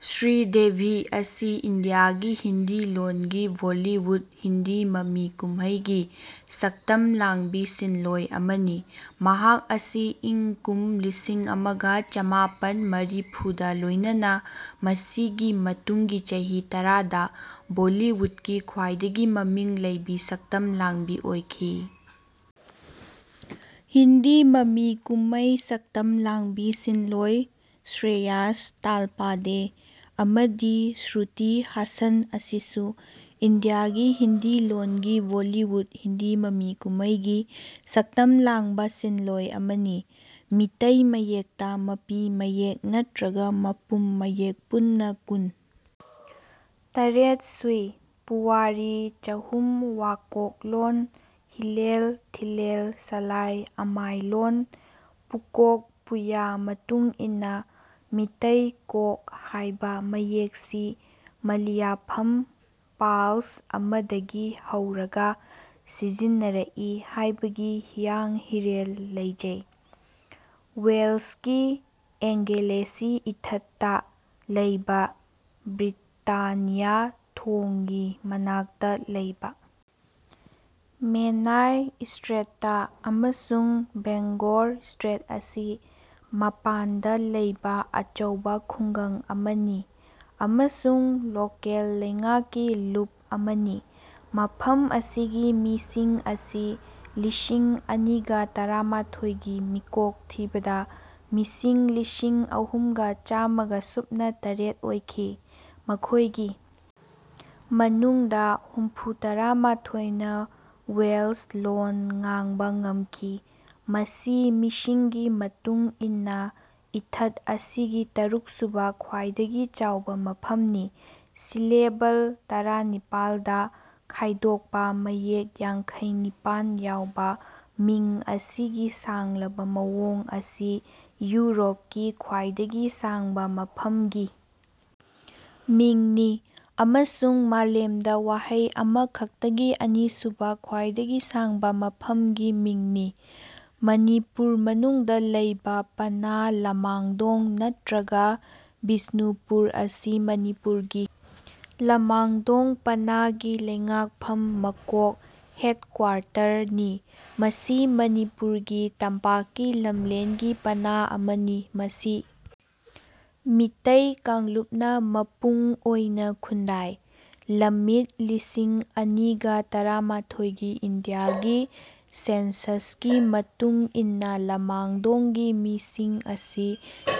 ꯁ꯭ꯔꯤꯗꯦꯚꯤ ꯑꯁꯤ ꯏꯟꯗꯤꯌꯥꯒꯤ ꯍꯤꯟꯗꯤ ꯂꯣꯟꯒꯤ ꯕꯣꯜꯂꯤꯋꯨꯗ (ꯍꯤꯟꯗꯤ ꯃꯃꯤ ꯀꯨꯝꯃꯩ)ꯒꯤ ꯁꯛꯇꯝ ꯂꯥꯡꯕꯤ ꯁꯤꯟꯂꯣꯢ ꯑꯃꯅꯤ꯫ ꯃꯍꯥꯛ ꯑꯁꯤ ꯏꯪ ꯀꯨꯝ ꯂꯤꯁꯤꯡ ꯑꯃꯒ ꯆꯃꯥꯄꯟ ꯃꯔꯤꯐꯨꯗ ꯂꯣꯢꯅꯅ ꯃꯁꯤꯒꯤ ꯃꯇꯨꯡꯒꯤ ꯆꯍꯤ ꯇꯔꯥꯗ ꯕꯣꯜꯂꯤꯋꯨꯗꯀꯤ ꯈ꯭ꯋꯥꯢꯗꯒꯤ ꯃꯃꯤꯡ ꯂꯩꯕꯤ ꯁꯛꯇꯝ ꯂꯥꯡꯕꯤ ꯑꯣꯢꯈꯤ꯫ ꯍꯤꯟꯗꯤ ꯃꯃꯤ ꯀꯨꯝꯃꯩ ꯁꯛꯇꯝ ꯂꯥꯡꯕꯤ ꯁꯤꯟꯂꯣꯢ ꯁ꯭ꯔꯦꯌꯥꯁ ꯇꯥꯜꯄꯥꯗꯦ ꯑꯃꯗꯤ ꯁ꯭ꯔꯨꯇꯤ ꯍꯥꯁꯟ ꯑꯁꯤꯁꯨ ꯏꯟꯗꯤꯌꯥꯒꯤ ꯍꯤꯟꯗꯤ ꯂꯣꯟꯒꯤ ꯕꯣꯜꯂꯤꯋꯨꯗ (ꯍꯤꯟꯗꯤ ꯃꯃꯤ ꯀꯨꯝꯃꯩ)ꯒꯤ ꯁꯛꯇꯝ ꯂꯥꯡꯕ ꯁꯤꯟꯂꯣꯢ ꯑꯃꯅꯤ꯫ ꯃꯤꯇꯩ ꯃꯌꯦꯛꯇ ꯃꯄꯤ ꯃꯌꯦꯛ ꯅꯠꯇ꯭ꯔꯒ ꯃꯄꯨꯝ ꯃꯌꯦꯛ ꯄꯨꯟꯅ ꯀꯨꯟ - ꯇꯔꯦꯠ ꯁꯨꯏ꯫ ꯄꯨꯋꯥꯔꯤ ꯆꯍꯨꯝ ꯋꯥꯀꯣꯛꯂꯣꯟ ꯍꯤꯂꯦꯜ ꯊꯤꯂꯦꯜ ꯁꯂꯥꯏ ꯑꯃꯥꯏꯂꯣꯟ ꯄꯨꯀꯣꯛ ꯄꯨꯌꯥ ꯃꯇꯨꯡꯏꯟꯅ ꯃꯤꯇꯩ ꯀꯣꯛ ꯍꯥꯏꯕ ꯃꯌꯦꯛꯁꯤ ꯃꯂꯤꯌꯥꯐꯝ ꯄꯥꯜꯆ ꯑꯃꯗꯒꯤ ꯍꯧꯔꯒ ꯁꯤꯖꯤꯟꯅꯔꯛꯏ ꯍꯥꯏꯕꯒꯤ ꯍꯤꯌꯥꯡ ꯍꯤꯔꯦꯜ ꯂꯩꯖꯩ꯫ ꯋꯦꯜꯁꯀꯤ "ꯑꯦꯡꯒꯦꯂꯦꯁꯤ ꯏꯊꯠ"ꯇ ꯂꯩꯕ ꯕ꯭ꯔꯤꯇꯥꯅꯤꯌꯥ ꯊꯣꯡꯒꯤ ꯃꯅꯥꯛꯇ ꯂꯩꯕ "ꯃꯦꯅꯥꯏ ꯁ꯭ꯇ꯭ꯔꯦꯠ"ꯇ ꯑꯃꯁꯨꯡ "ꯕꯦꯡꯒꯣꯔ ꯁ꯭ꯇ꯭ꯔꯦꯠ" ꯑꯁꯤ ꯃꯄꯥꯟꯗ ꯂꯩꯕ ꯑꯆꯧꯕ ꯈꯨꯡꯒꯪ ꯑꯃꯅꯤ ꯑꯃꯁꯨꯡ ꯂꯣꯀꯦꯜ ꯂꯩꯉꯥꯛꯀꯤ ꯂꯨꯞ ꯑꯃꯅꯤ꯫ ꯃꯐꯝ ꯑꯁꯤꯒꯤ ꯃꯤꯁꯤꯡ ꯑꯁꯤ ꯂꯤꯁꯤꯡ ꯑꯅꯤꯒ ꯇꯔꯥꯃꯥꯊꯣꯏ ꯒꯤ ꯃꯤꯀꯣꯛ ꯊꯤꯕꯗ ꯃꯤꯁꯤꯡ ꯂꯤꯁꯤꯡꯑꯍꯨꯝꯒ ꯆꯥꯃꯒ ꯁꯨꯞꯅ ꯇꯔꯦꯠ ꯑꯣꯏꯈꯤ꯫ ꯃꯈꯣꯢꯒꯤ ꯃꯅꯨꯡꯗ ꯍꯨꯝꯐꯨꯇꯔꯥ ꯃꯥꯊꯣꯏꯅ ꯋꯦꯜꯁ ꯂꯣꯟ ꯉꯥꯡꯕ ꯉꯝꯈꯤ꯫ ꯃꯁꯤ ꯃꯤꯁꯤꯡꯒꯤ ꯃꯇꯨꯡ ꯏꯟꯅ ꯏꯊꯠ ꯑꯁꯤꯒꯤ ꯇꯔꯨꯛꯁꯨꯕ ꯈ꯭ꯋꯥꯢꯗꯒꯤ ꯆꯥꯎꯕ ꯃꯐꯝꯅꯤ꯫ ꯁꯤꯂꯦꯕꯜ ꯇꯔꯥꯅꯤꯄꯥꯜꯗ ꯈꯥꯏꯗꯣꯛꯄ ꯃꯌꯦꯛ ꯌꯥꯡꯈꯩ ꯅꯤꯄꯥꯟ ꯌꯥꯎꯕ ꯃꯤꯡ ꯑꯁꯤꯒꯤ ꯁꯥꯡꯂꯕ ꯃꯑꯣꯡ ꯑꯁꯤ ꯌꯨꯔꯣꯞꯀꯤ ꯈ꯭ꯋꯥꯏꯗꯒꯤ ꯁꯥꯡꯕ "ꯃꯐꯝꯒꯤ ꯃꯤꯡ"ꯅꯤ ꯑꯃꯁꯨꯡ ꯃꯥꯂꯦꯝꯗ ꯋꯥꯍꯩ ꯑꯃꯈꯛꯇꯒꯤ ꯑꯅꯤꯁꯨꯕ ꯈ꯭ꯋꯥꯏꯗꯒꯤ ꯁꯥꯡꯕ "ꯃꯐꯝꯒꯤ ꯃꯤꯡ"ꯅꯤ꯫ ꯃꯅꯤꯄꯨꯔ ꯃꯅꯨꯡꯗ ꯂꯩꯕ ꯄꯅꯥ ꯂꯃꯥꯡꯗꯣꯡ ꯅꯠꯇ꯭ꯔꯒ ꯕꯤꯁ꯭ꯅꯨꯄꯨꯔ ꯑꯁꯤ ꯃꯅꯤꯄꯨꯔꯒꯤ ꯂꯃꯥꯡꯗꯣꯡ ꯄꯅꯥꯒꯤ ꯂꯩꯉꯥꯛꯐꯝ ꯃꯀꯣꯛ (ꯍꯦꯗꯀ꯭ꯋꯥꯔꯇꯔ) ꯅꯤ꯫ ꯃꯁꯤ ꯃꯅꯤꯄꯨꯔ ꯒꯤ ꯇꯝꯄꯥꯛꯀꯤ ꯂꯝꯂꯦꯟꯒꯤ ꯄꯅꯥ ꯑꯃꯅꯤ꯫ ꯃꯁꯤ ꯃꯤꯇꯩ ꯀꯥꯡꯂꯨꯞꯅ ꯃꯄꯨꯡ ꯑꯣꯢꯅ ꯈꯨꯟꯗꯥꯏ꯫ ꯂꯝꯃꯤꯠ ꯂꯤꯁꯤꯡ ꯑꯅꯤꯒ ꯇꯔꯥꯃꯥꯊꯣꯏꯒꯤ ꯏꯟꯗꯤꯌꯥꯒꯤ ꯁꯦꯟꯁꯁꯀꯤ ꯃꯇꯨꯡ ꯏꯟꯅ ꯂꯃꯥꯡꯗꯣꯡꯒꯤ ꯃꯤꯁꯤꯡ ꯑꯁꯤ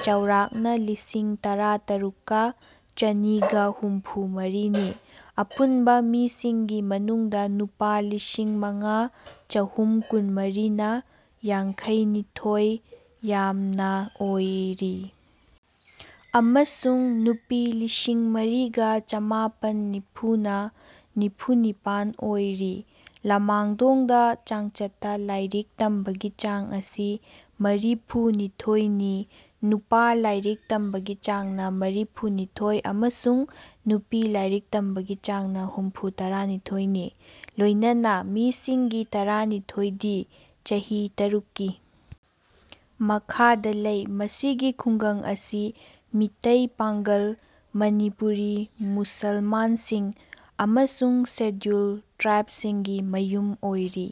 ꯆꯥꯎꯔꯥꯛꯅ ꯂꯤꯁꯤꯡ ꯇꯔꯥꯇꯔꯨꯛꯀ ꯆꯅꯤꯒ ꯍꯨꯝꯐꯨ ꯃꯔꯤꯅꯤ꯫ ꯑꯄꯨꯟꯕ ꯃꯤꯁꯤꯡꯒꯤ ꯃꯅꯨꯡꯗ ꯅꯨꯄꯥ ꯂꯤꯁꯤꯡꯃꯉꯥ ꯆꯍꯨꯝ ꯀꯨꯟꯃꯔꯤꯅ ꯌꯥꯡꯈꯩ ꯅꯤꯊꯣꯢ ꯌꯥꯝꯅ ꯑꯣꯏꯔꯤ ꯑꯃꯁꯨꯡ ꯅꯨꯄꯤ ꯂꯤꯁꯤꯡꯃꯔꯤꯒ ꯆꯃꯥꯄꯟ ꯅꯤꯐꯨꯅ ꯅꯤꯐꯨꯅꯤꯄꯥꯟ ꯑꯣꯏꯔꯤ꯫ ꯂꯃꯥꯡꯗꯣꯡꯗ ꯆꯥꯡꯆꯠꯇ ꯂꯥꯏꯔꯤꯛ ꯇꯝꯕꯒꯤ ꯆꯥꯡ ꯑꯁꯤ ꯃꯔꯤꯐꯨ ꯅꯤꯊꯣꯏꯅꯤ꯫ ꯅꯨꯄꯥ ꯂꯥꯏꯔꯤꯛ ꯇꯝꯕꯒꯤ ꯆꯥꯡꯅ ꯃꯔꯤꯐꯨ ꯅꯤꯊꯣꯏ ꯑꯃꯁꯨꯡ ꯅꯨꯄꯤ ꯂꯥꯏꯔꯤꯛ ꯇꯝꯕꯒꯤ ꯆꯥꯡꯅ ꯍꯨꯝꯐꯨꯇꯔꯥ ꯅꯤꯊꯣꯏꯅꯤ ꯂꯣꯏꯅꯅ ꯃꯤꯁꯤꯡꯒꯤ ꯇꯔꯥꯅꯤꯊꯣꯏꯗꯤ ꯆꯍꯤ ꯇꯔꯨꯛꯀꯤ ꯃꯈꯥꯗꯥ ꯂꯩ꯫ ꯃꯁꯤꯒꯤ ꯈꯨꯡꯒꯪ ꯑꯁꯤ ꯃꯤꯇꯩ, ꯄꯥꯡꯒꯜ (ꯃꯅꯤꯄꯨꯔꯤ ꯃꯨꯁꯜꯃꯥꯟꯁꯤꯡ) ꯑꯃꯁꯨꯡ ꯁꯦꯗ꯭ꯌꯨꯜ ꯇ꯭ꯔꯥꯏꯕꯁꯤꯡꯒꯤ ꯃꯌꯨꯝ ꯑꯣꯏꯔꯤ꯫